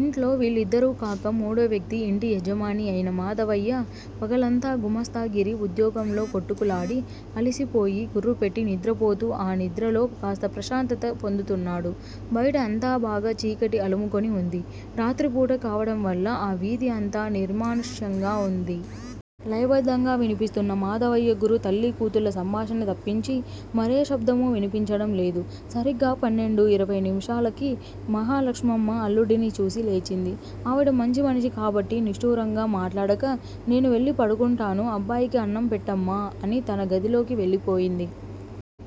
ఇంట్లో వీళ్ళిద్దరూ కాక, మూడో వ్యక్తి, ఇంటి యజమాని అయిన మాధవయ్య పగలంతా గుమాస్తాగిరీ వుద్యోగంలో కొట్టుకులాడి, అలసిపోయి గుర్రుపెట్టి నిద్రపోతూ ఆ నిద్రలో కాస్త ప్రశాంతత పొందుతున్నాడు. బయట అంతా బాగా చీకటి అలుముకొని వుంది. రాత్రిపూట కావడంవల్ల ఆ వీధి అంతా నిర్మానుష్యంగా వుంది. లయబద్ధంగా వినిపిస్తున్న మాధవయ్య గురు తల్లీ కూతుళ్ళ సంభాషణ తప్పించి, మరే శబ్దమూ వినిపించడంలేదు. సరిగ్గా పన్నెండూ ఇరవై నిముషాలకి. మహాలక్ష్మమ్మ అల్లుడిని చూసి లేచింది. ఆవిడ మంచి మనిషి కాబట్టి. నిష్టూరంగా మాట్లాడక, నేను వెళ్ళి పడుకుంటాను. అబ్బాయికి అన్నం పెట్టమ్మా! అని తన గదిలోకి వెళ్ళిపోయింది.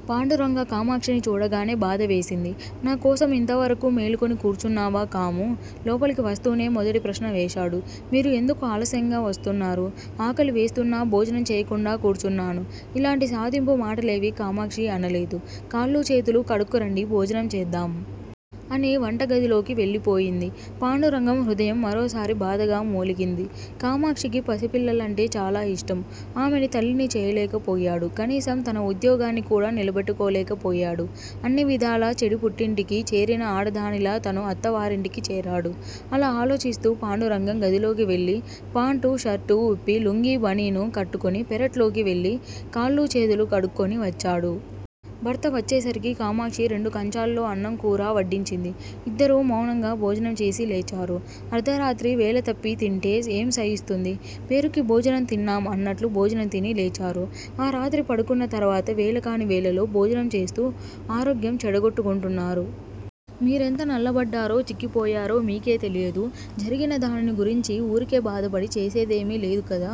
పాండురంగ కామాక్షిని చూడగానే బాధవేసింది. నా కోసం ఇంతవరకూ మేలుకుని కూర్చున్నావా కామూ! లోపలికి వస్తూనే మొదటి ప్రశ్న వేశాడు. మీరు ఎందుకు ఆలస్యంగా వస్తున్నారు? ఆకలి వేస్తున్నా భోజనం చెయ్యకుండా కూర్చున్నాను. ఇలాంటి సాధింపు మాటలేవీ కామాక్షి అనలేదు. కాళ్ళూ చేతులూ కడుక్కురండి! భోజనం చేద్దాం! అని వంటగదిలోకి వెళ్ళిపోయింది. పాండురంగం హృదయం మరోసారి బాధగా మూలిగింది. కామాక్షికి పసిపిల్లలంటే చాలా యిష్టం. ఆమెని తల్లిని చేయలేకపోయాడు. కనీసం తన వుద్యోగాన్ని కూడా నిలబెట్టుకోలేకపోయాడు. అన్ని విధాలా చెడి పుట్టింటికి చేరిన ఆడదానిలా తను అత్తవారింటికి చేరాడు! అలా ఆలోచిస్తూ పాండురంగం గదిలోకి వెళ్ళి పాంటూ, షర్టూ విప్పి, లుంగీ బనీను కట్టుకుని పెరట్లోకి వెళ్ళి కాళ్ళూ చేతులూ కడుక్కుని వచ్చాడు. భర్త వచ్చేసరికి కామాక్షి రెండు కంచాల్లో అన్నం కూరా వడ్డించింది. ఇద్దరూ మౌనంగా భోజనం చేసి లేచారు. అర్దరాత్రి, వేళతప్పీ తింటే ఏం సయిస్తుంది? పేరుకి భోజనం తిన్నాం అన్నట్లు భోజనం తిని లేచారు. ఆ రాత్రి పడుకున్న తరువాత. వేళకాని వేళలో భోజనం చేస్తూ ఆరోగ్యం చెడగొట్టుకుంటున్నారు! మీరెంత నల్లబడ్డారో, చిక్కిపోయారో మీకే తెలియదు. జరిగిన దానిని గురించీ వూరికే బాధపడి చేసేదేమీ లేదు కదా!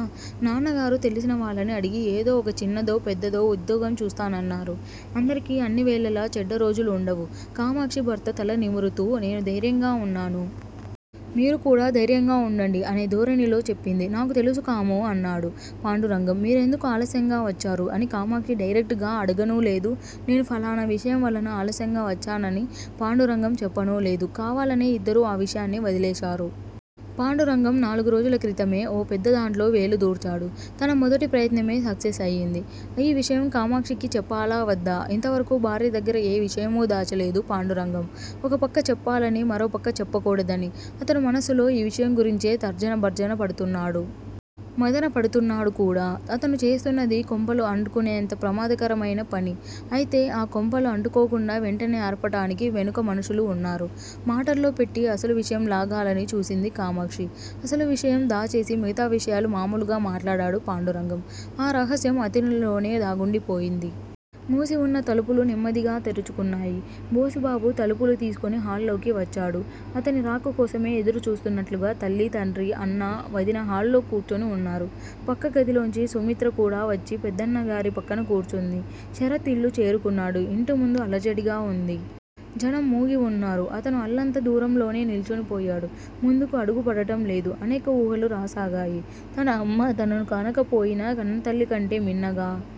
నాన్నగారు తెలిసిన వాళ్ళని అడిగి ఏదో ఒక చిన్నదో పెద్దదో వుద్యోగం చూస్తానన్నారు. అందరికీ అన్నివేళలా చెడ్డరోజులుండవు కామాక్షి భర్త తల నిమురుతూ, నేను ధైర్యంగా వున్నాను. మీరు కూడా ధైర్యంగా వుండండి అనే ధోరణిలో చెప్పింది. నాకు తెలుసు కామూ! అన్నాడు పాండురంగం. మీరెందుకు ఆలస్యంగా వచ్చారు? అని కామాక్షి డైరెక్ట్ గా అడగనూ లేదు. నేను ఫలానా విషయం వలన ఆలస్యంగా వచ్చానని పాండురంగం చెప్పనూ లేదు. కావాలనే ఇద్దరూ ఆ విషయాన్ని వదిలేశారు. పాండురంగం నాలుగురోజుల క్రితమే. ఓ పెద్దదాంట్లో వేలు దూర్చాడు. తన మొదటి ప్రయత్నమే సక్సెస్ అయ్యింది. ఈ విషయం కామాక్షికి చెప్పాలా వద్దా? ఇంతవరకూ భార్య దగ్గర ఏ విషయమూ దాచలేదు పాండురంగం. ఒకపక్క చెప్పాలని. మరోపక్క చెప్పకూడదని. అతను మనస్సులో ఈ విషయం గురించే తర్జన భర్జన పడుతున్నాడు. మధనపడుతున్నాడు కూడా. అతను చేస్తున్నదీ, కొంపలు అంటుకునేంత ప్రమాదకరమయిన పని. అయితే, ఆ కొంపలు అంటుకోకుండా వెంటనే ఆర్పటానికి వెనుక మనుషులు వున్నారు. మాటల్లోపెట్టి అసలు విషయం లాగాలని చూసింది కామాక్షి. అసలు విషయం దాచేసి మిగతా విషయాలు మామూలుగా మాట్లాడాడు పాండురంగం. ఆ రహస్యం అతనిలోనే దాగుండిపోయింది. మూసివున్న తలుపులు నెమ్మదిగా తెరుచుకున్నాయి. బోసుబాబు తలుపులు తీసుకుని హాల్ లోకి వచ్చాడు. అతని రాకకోసమే ఎదురుచూస్తున్నట్లుగా తల్లి, తండ్రీ, అన్నా, వదిన హాల్ లో కూర్చుని వున్నారు. పక్కగదిలోంచి సుమిత్ర కూడా వచ్చి పెద్దన్నగారి పక్కన కూర్చుంది. శరత్ ఇల్లు చేరుకున్నాడు. ఇంటి ముందు అలజడిగా వుంది. జనం మూగివున్నారు. అతను అల్లంత దూరంలోనే నిల్చుని పోయాడు ముందుకు అడుగు పడటంలేదు. అనేక ఊహలు రాసాగాయి. తన అమ్మ తనను కనకపోయినా కన్నతల్లి కంటే మిన్నగా